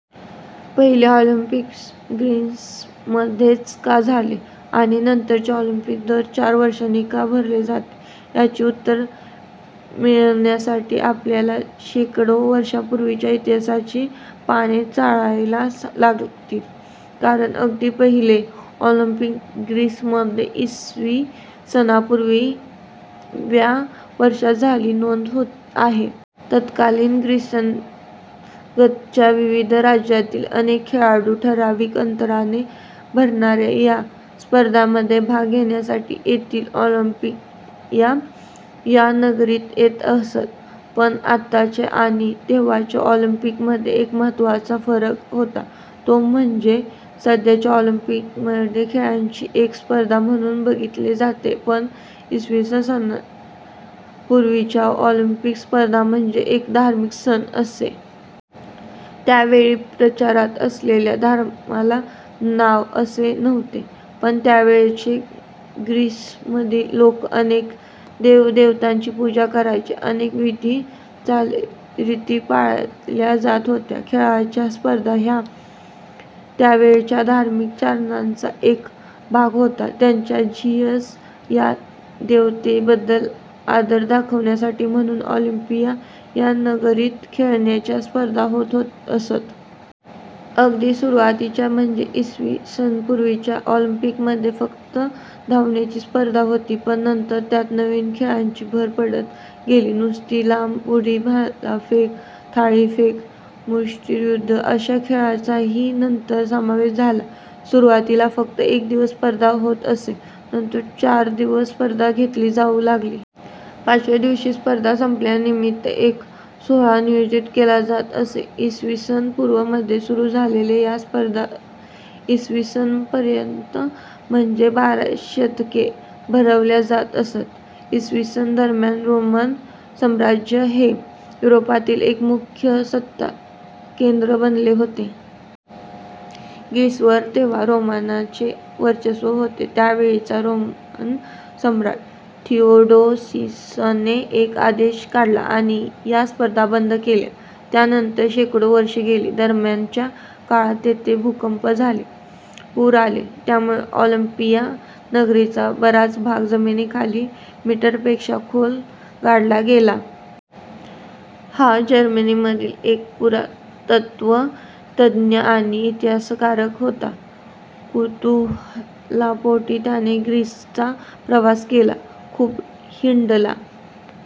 पहिले ऑलिम्पिक ग्रीसमध्येच का झाले? आणि नंतरचे ऑलिम्पिक दर चार वर्षांनी का भरवले जाते? यांची उत्तरे मिळवण्यासाठी आपल्याला शेकडो वर्षांपूर्वीच्या इतिहासाची पाने चाळायला लागतील. कारण अगदी पहिले ऑलिम्पिक ग्रीसमध्ये इसवी सनापूर्वी व्या वर्षांत झाल्याची नोंद आहे. तत्कालीन ग्रीसलगतच्या विविध राज्यांतील अनेक खेळाडू, ठरावीक अंतराने भरणाऱ्या या स्पर्धांमध्ये भाग घेण्यासाठी तेथील ऑलिम्पिया या नगरीत येत असत. पण आताच्या आणि तेव्हाच्या ऑलिम्पिकमध्ये एक महत्त्वाचा फरक होता, तो म्हणजे सध्याच्या ऑलिम्पिककडे खेळांची एक स्पर्धा म्हणून बघितले जाते, पण इसवी सनापूर्वीच्या ऑलिम्पिक स्पर्धा म्हणजे एक धार्मिक सण असे. त्यावेळी प्रचारात असलेल्या धर्माला नाव असे नव्हते, पण त्यावेळचे ग्रीसमधील लोक अनेक देवदेवतांची पूजा करायचे. अनेक विधी, चालीरीती पाळल्या जात होत्या. खेळांच्या स्पर्धा हा त्यावेळच्या धार्मिक आचरणाचा एक भाग होता. त्यांच्या झीयस या देवतेबद्दल आदर दाखवण्यासाठी म्हणून ऑलिम्पिया या नगरीत खेळांच्या स्पर्धा होत असत. अगदी सुरुवातीच्या म्हणजे इसवी सनपूर्व च्या ऑलिम्पिकमध्ये फक्त धावण्याची स्पर्धा होती. पण नंतर त्यात नवनवीन खेळांची भर पडत गेली. कुस्ती, लांब उडी, भालाफेक, थाळीफेक, मुष्टियुद्ध अशा खेळांचाही नंतर समावेश झाला. सुरुवातीला फक्त एकच दिवस स्पर्धा होत असे, नंतर चार दिवस स्पर्धा घेतली जाऊ लागली. पाचव्या दिवशी स्पर्धा संपल्यानिमित्त एक सोहळा आयोजित केला जात असे. इसवी सन पूर्व मध्ये सुरू झालेल्या या स्पर्धा इसवी सन पर्यंत म्हणजे बारा शतके भरवल्या जात असत. इसवी सन दरम्यान रोमन साम्राज्य हे युरोपातील एक प्रमुख सत्ताकेंद्र बनले होते. ग्रीसवर तेव्हा रोमनांचे वर्चस्व होते. त्यावेळचा रोमन सम्राट थिओडोसीसने एक आदेश काढला आणि या स्पर्धा बंद केल्या. त्यानंतर शेकडो वर्षे गेली. दरम्यानच्या काळात तेथे भूकंप झाले. पूर आले. त्यामुळे ऑलिम्पिया नगरीचा बराच भाग जमिनीखाली मीटरपेक्षा खोल गाडला गेला. हा जर्मनीमधील एक पुरातत्त्व तज्ज्ञ आणि इतिहासकार होता. कुतूहलापोटी त्याने ग्रीसचा प्रवास केला. खूप हिंडला